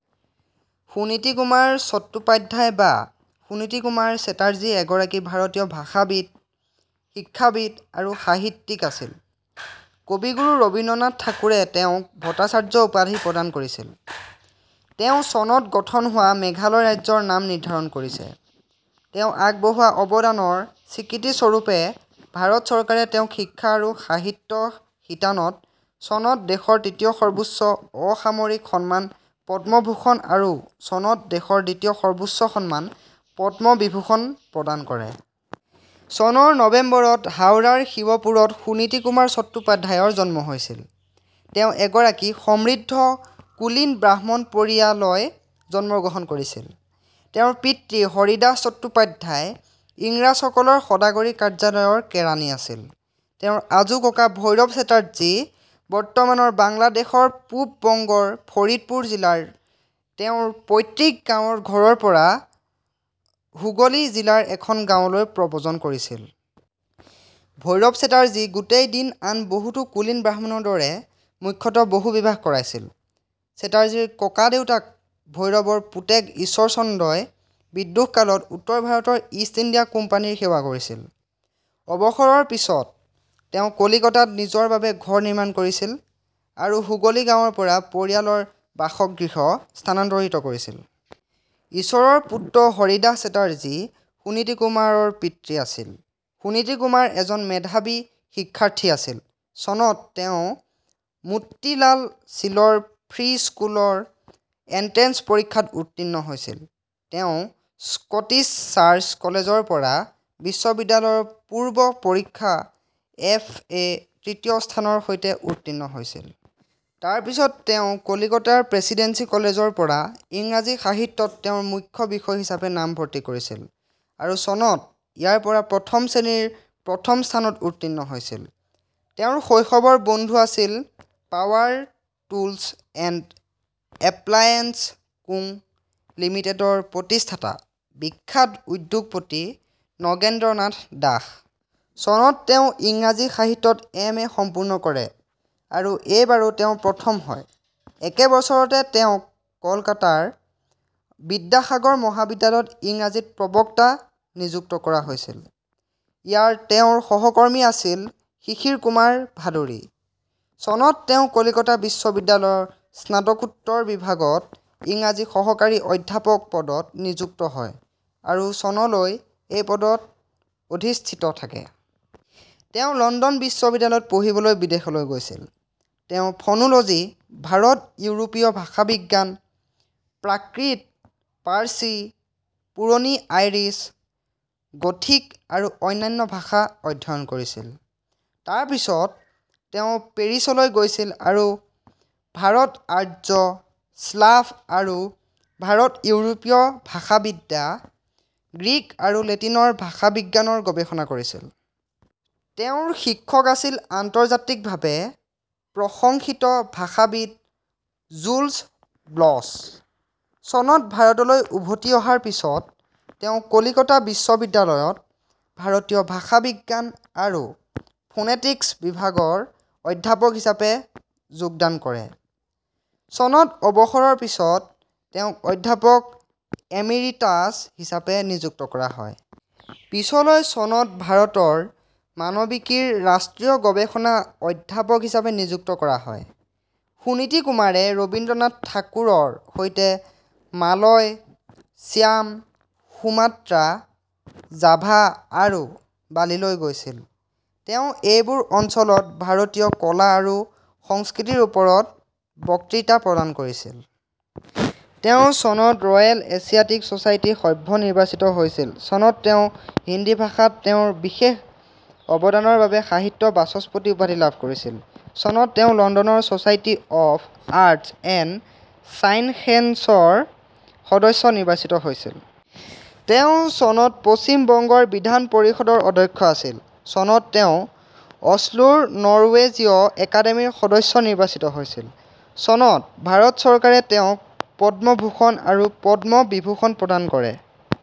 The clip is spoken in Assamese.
সুনীতি কুমাৰ চট্টোপাধ্যায় বা সুনীতি কুমাৰ চেটাৰ্জী এগৰাকী ভাৰতীয় ভাষাবিদ, শিক্ষাবিদ আৰু সাহিত্যিক আছিল। কবিগুৰু ৰবীন্দ্ৰনাথ ঠাকুৰে তেওঁক ভাষাচাৰ্য উপাধি প্ৰদান কৰিছিল। তেওঁ চনত গঠন হোৱা মেঘালয় ৰাজ্যৰ নাম নিৰ্ধাৰণ কৰিছে। তেওঁ আগবঢ়োৱা অৱদানৰ স্বীকৃতি স্বৰূপে ভাৰত চৰকাৰে তেওঁক শিক্ষা আৰু সাহিত্য শিতানত চনত দেশৰ তৃতীয় সৰ্বোচ্চ অসামৰিক সন্মান পদ্মভূষণ আৰু চনত দেশৰ দ্বিতীয় সৰ্বোচ্চ সন্মান পদ্মবিভূষণ প্ৰদান কৰে। চনৰ নৱেম্বৰত হাওৰাৰ শিৱপুৰত সুনীতি কুমাৰ চট্টোপাধ্যায়ৰ জন্ম হৈছিল। তেওঁ এগৰাকী সমৃদ্ধ কুলীন ব্ৰাহ্মণ পৰিয়ালয় জন্মগ্ৰহণ কৰিছিল। তেওঁৰ পিতৃ হৰিদাস চট্টোপাধ্যায় ইংৰাজ সকলৰ সদাগৰী কাৰ্যালয়ৰ কেৰাণী আছিল। তেওঁৰ আজুককা ভৈৰৱ চেটাৰ্জী বৰ্তমানৰ বাংলাদেশ ৰ পূব বংগৰ ফৰিদপুৰ জিলাৰ তেওঁৰ পৈতৃক গাঁৱৰ ঘৰৰ পৰা হুগলী জিলাৰ এখন গাঁৱলৈ প্ৰব্ৰজন কৰিছিল। ভৈৰৱ চেটাৰ্জী গোটেই দিন আন বহুতো কুলীন ব্ৰাহ্মণৰ দৰে মুখ্যতঃ বহুবিবাহ কৰাইছিল। চেটাৰ্জীৰ ককাদেউতাক ভৈৰৱৰ পুতেক ইশ্বৰচন্দ্ৰই বিদ্ৰোহ কালত উত্তৰ ভাৰতৰ ইষ্ট ইণ্ডিয়া কোম্পানীৰ সেৱা কৰিছিল। অৱসৰৰ পিছত তেওঁ কলিকতাত নিজৰ বাবে ঘৰ নিৰ্মাণ কৰিছিল আৰু হুগলী গাঁৱৰ পৰা পৰিয়ালৰ বাসগৃহ স্থানান্তৰিত কৰিছিল। ঈশ্বৰৰ পুত্ৰ হৰিদাস চেটাৰ্জী সুনীতি কুমাৰৰ পিতৃ আছিল। সুনিতি কুমাৰ এজন মেধাৱী শিক্ষাৰ্থী আছিল। চনত তেওঁ মুট্টি লাল ছিলৰ ফ্ৰী স্কুলৰ এণ্ট্ৰেন্স পৰীক্ষাত উত্তীৰ্ণ হৈছিল। তেওঁ স্কটিছ চাৰ্চ কলেজৰ পৰা বিশ্ববিদ্যালয়ৰ পূৰ্ব পৰীক্ষা এফএ তৃতীয় স্থানৰ সৈতে উত্তীৰ্ণ হৈছিল। তাৰপিছত তেওঁ কলকাতাৰ প্ৰেচিডেন্সী কলেজৰ পৰা ইংৰাজী সাহিত্যত তেওঁৰ মুখ্য বিষয় হিচাপে নামভৰ্তি কৰিছিল আৰু চনত ইয়াৰ পৰা প্ৰথম শ্ৰেণীৰ প্ৰথম স্থানত উত্তীৰ্ণ হৈছিল। তেওঁৰ শৈশৱৰ বন্ধু আছিল power tools and appliance co লিমিটেডৰ প্ৰতিষ্ঠাতা বিখ্যাত উদ্যোগপতি নগেন্দ্ৰ নাথ দাস। চনত তেওঁ ইংৰাজী সাহিত্যত এম. এ. সম্পূৰ্ণ কৰে আৰু এইবাৰো তেওঁ প্ৰথম হয়। একে বছৰতে তেওঁক কলকাতাৰ বিদ্যাসাগৰ মহাবিদ্যালয়ত ইংৰাজীত প্ৰবক্তা নিযুক্ত কৰা হৈছিল। ইয়াৰ তেওঁৰ সহকৰ্মী আছিল শিশিৰ কুমাৰ ভাদুৰী। চনত তেওঁ কলিকতা বিশ্ববিদ্যালয় ৰ স্নাতকোত্তৰ বিভাগত ইংৰাজীৰ সহকাৰী অধ্যাপক পদত নিযুক্ত হয় আৰু চনলৈ এই পদত অধিষ্ঠিত থাকে। তেওঁ লণ্ডন বিশ্ববিদ্যালয়ত পঢ়িবলৈ বিদেশলৈ গৈছিল। তেওঁ ফনোলজি, ভাৰত-ইউৰোপীয় ভাষাবিজ্ঞান, প্ৰাকৃত, পাৰ্চী, পুৰণি আইৰিছ, গথিক আৰু অন্যান্য ভাষা অধ্যয়ন কৰিছিল। তাৰ পিছত তেওঁ পেৰিছলৈ গৈছিল আৰু ভাৰত-আৰ্য, স্লাভ আৰু ভাৰত-ইউৰোপীয় ভাষাবিদ্যা, গ্ৰীক আৰু লেটিনৰ ভাষাবিজ্ঞানৰ গৱেষণা কৰিছিল। তেওঁৰ শিক্ষক আছিল আন্তৰ্জাতিকভাৱে প্ৰশংসিত ভাষাবিদ জুলছ ব্লচ। চনত ভাৰতলৈ উভতি অহাৰ পিছত তেওঁ কলিকতা বিশ্ববিদ্যালয়ত ভাৰতীয় ভাষাবিজ্ঞান আৰু ফোনেটিক্স বিভাগৰ অধ্যাপক হিচাপে যোগদান কৰে। চনত অৱসৰৰ পিছত তেওঁক অধ্যাপক এমিৰিটাছ হিচাপে নিযুক্ত কৰা হয়। পিছলৈ চনত ভাৰতৰ মানৱিকিৰ ৰাষ্ট্ৰীয় গৱেষণা অধ্যাপক হিচাপে নিযুক্ত কৰা হয়। সুনীতি কুমাৰে ৰবীন্দ্ৰনাথ ঠাকুৰ ৰ সৈতে মালয়, চ্যাম, সুমাত্ৰা, জাভা আৰু বালিলৈ গৈছিল। তেওঁ এইবোৰ অঞ্চলত ভাৰতীয় কলা আৰু সংস্কৃতিৰ ওপৰত বক্তৃতা প্ৰদান কৰিছিল। তেওঁ চনত ৰয়েল এছিয়াটিক চচাইটিৰ সভ্য নিৰ্বাচিত হৈছিল। চনত তেওঁ হিন্দী ভাষা ত তেওঁৰ বিশেষ অৱদানৰ বাবে সাহিত্য বাচস্পতি উপাধি লাভ কৰিছিল। চনত তেওঁ লণ্ডনৰ চচাইটি অফ আৰ্টছ এণ্ড চাইন্সেছৰ সদস্য নিৰ্বাচিত হৈছিল। তেওঁ চনত পশ্চিম বংগ ৰ বিধান পৰিষদৰ অধ্যক্ষ আছিল। চনত তেওঁ অশ্লোৰ নৰৱেজীয় একাডেমীৰ সদস্য নিৰ্বাচিত হৈছিল। চনত ভাৰত চৰকাৰে তেওঁক পদ্মভূষণ আৰু পদ্মবিভূষণ প্ৰদান কৰে।